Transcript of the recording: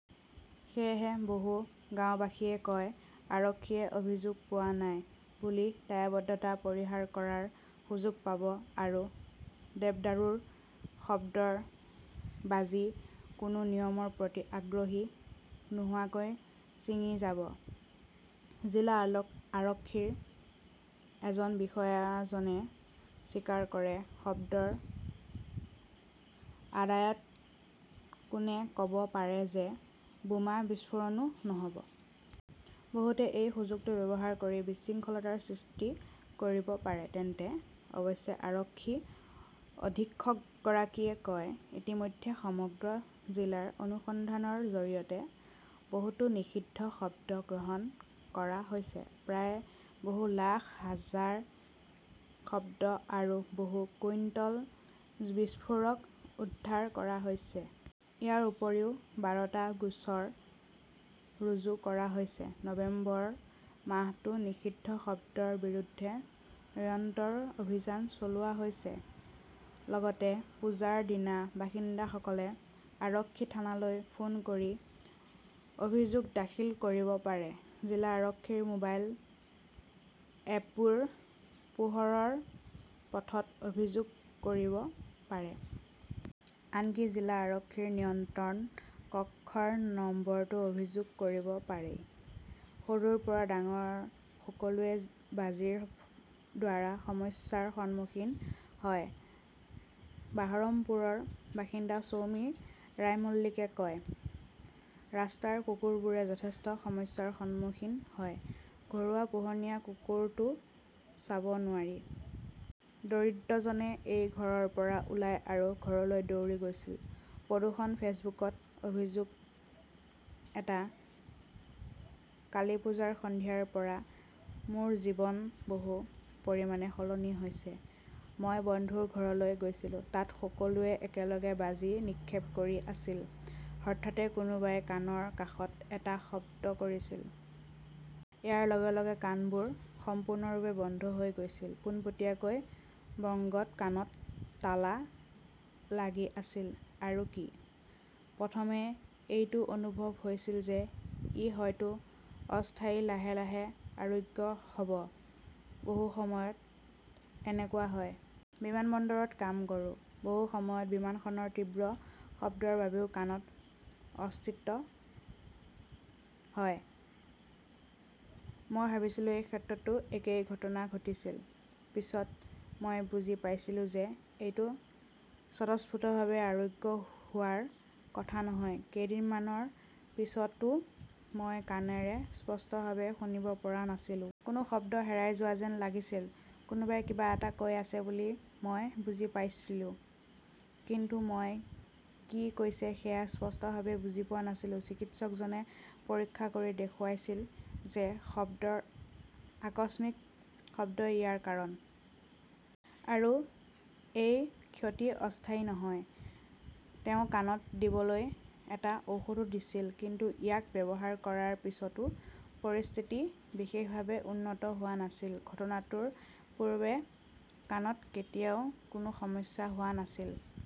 সেয়েহে বহু গাওঁবাসীয়ে কয়, "আৰক্ষীয়ে 'অভিযোগ পোৱা নাই" বুলি দায়বদ্ধতা পৰিহাৰ কৰাৰ সুযোগ পাব আৰু দেৱদাৰুৰ শব্দৰ বাজি কোনো নিয়মৰ প্ৰতি আগ্ৰহী নোহোৱাকৈ ছিঙি যাব। জিলা আৰক্ষীৰ এজন বিষয়াজনে স্বীকাৰ কৰে, "শব্দৰ আড়ালত কোনে ক "ব পাৰে যে বোমা বিস্ফোৰণো নহ'ব? বহুতে এই সুযোগটো ব্যৱহাৰ কৰি বিশৃংখলতাৰ সৃষ্টি কৰিব পাৰে। তেন্তে ?" অৱশ্যে আৰক্ষী অধীক্ষকগৰাকীয়ে কয়, "ইতিমধ্যে সমগ্ৰ জিলাৰ অনুসন্ধানৰ জৰিয়তে বহুতো নিষিদ্ধ শব্দ গ্ৰহণ কৰা হৈছে। প্ৰায় বহু লাখ, হাজাৰ শব্দ আৰু বহু কুইণ্টল বিস্ফোৰক উদ্ধাৰ কৰা হৈছে। ইয়াৰ উপৰিও বাৰটা গোচৰ ৰুজু কৰা হৈছে। নৱেম্বৰ মাহতো নিষিদ্ধ শব্দৰ বিৰুদ্ধে নিৰন্তৰ অভিযান চলোৱা হৈছে। লগতে পূজাৰ দিনা বাসিন্দাসকলে আৰক্ষী থানালৈ ফোন কৰি অভিযোগ দাখিল কৰিব পাৰে। জিলা আৰক্ষীৰ মোবাইল এপবোৰে "পোহৰৰ পথত" অভিযোগ কৰিব পাৰে। আনকি জিলা আৰক্ষীৰ নিয়ন্ত্ৰণ কক্ষৰ নম্বৰতো অভিযোগ কৰিব পাৰি। "সৰুৰ পৰা ডাঙৰ সকলোৱে বাজিৰ দ্বাৰা সমস্যাৰ সন্মুখীন হয়", বাহৰমপুৰৰ বাসিন্দা সৌমী ৰায়মল্লীকে কয়। ৰাস্তাৰ কুকুৰবোৰে যথেষ্ট সমস্যাৰ সন্মুখীন হয়। ঘৰুৱা পোহনীয়া কুকুৰটো চাব নোৱাৰি। দৰিদ্ৰজনে এই ঘৰৰ পৰা ওলাই আৰু ঘৰলৈ দৌৰি গৈছিল"। প্ৰদূষণ-ফেচবুকত অভিযোগ এটা কালীপুজাৰ সন্ধিয়াৰ পৰা মোৰ জীৱন বহু পৰিমাণে সলনি হৈছে। মই বন্ধুৰ ঘৰলৈ গৈছিলোঁ। তাত সকলোৱে একেলগে বাজি নিক্ষেপ কৰি আছিল। হঠাতে কোনোবাই কাণৰ কাষত এটা শব্দ কৰিছিল। ইয়াৰ লগে লগে কাণবোৰ সম্পূৰ্ণৰূপে বন্ধ হৈ গৈছিল। পোনপটীয়াকৈ বংগত কাণত তালা লাগি আছিল, আৰু কি। প্ৰথমে এইটো অনুভৱ হৈছিল যে, ই হয়তো অস্থায়ী, লাহে লাহে আৰোগ্য হ 'ব। বহু সময়ত এনেকুৱা হয়। বিমানবন্দৰত কাম কৰোঁ। বহু সময়ত বিমানখনৰ তীব্ৰ শব্দৰ বাবেও কাণত অস্বস্তি হয়। মই ভাবিছিলোঁ এই ক্ষেত্ৰতো একেই ঘটনা ঘটিছিল। পিছত মই বুজি পাইছিলোঁ যে, এইটো স্বতঃস্ফুৰ্তভাৱে আৰোগ্য হোৱাৰ কথা নহয়। কেইদিনমানৰ পিছতো মই কাণেৰে স্পষ্টভাৱে শুনিব পৰা নাছিলোঁ। কোনো শব্দ হেৰাই যোৱা যেন লাগিছিল। কোনোবাই কিবা এটা কৈ আছে বুলি মই বুজি পাইছিলোঁ। কিন্তু মই কি কৈছে সেয়া স্পষ্টভাৱে বুজি পোৱা নাছিলোঁ। চিকিৎসকজনে পৰীক্ষা কৰি দেখুৱাইছিল যে, শব্দৰ আকস্মিক শব্দই ইয়াৰ কাৰণ। আৰু এই ক্ষতি অস্থায়ী নহয়। তেওঁ কাণত দিবলৈ এটা ঔষধো দিছিল। কিন্তু ইয়াক ব্যৱহাৰ কৰাৰ পিছতো পৰিস্থিতি বিশেষভাৱে উন্নত হোৱা নাছিল। ঘটনাটোৰ পূৰ্বে কাণত কেতিয়াও কোনো সমস্যা হোৱা নাছিল ।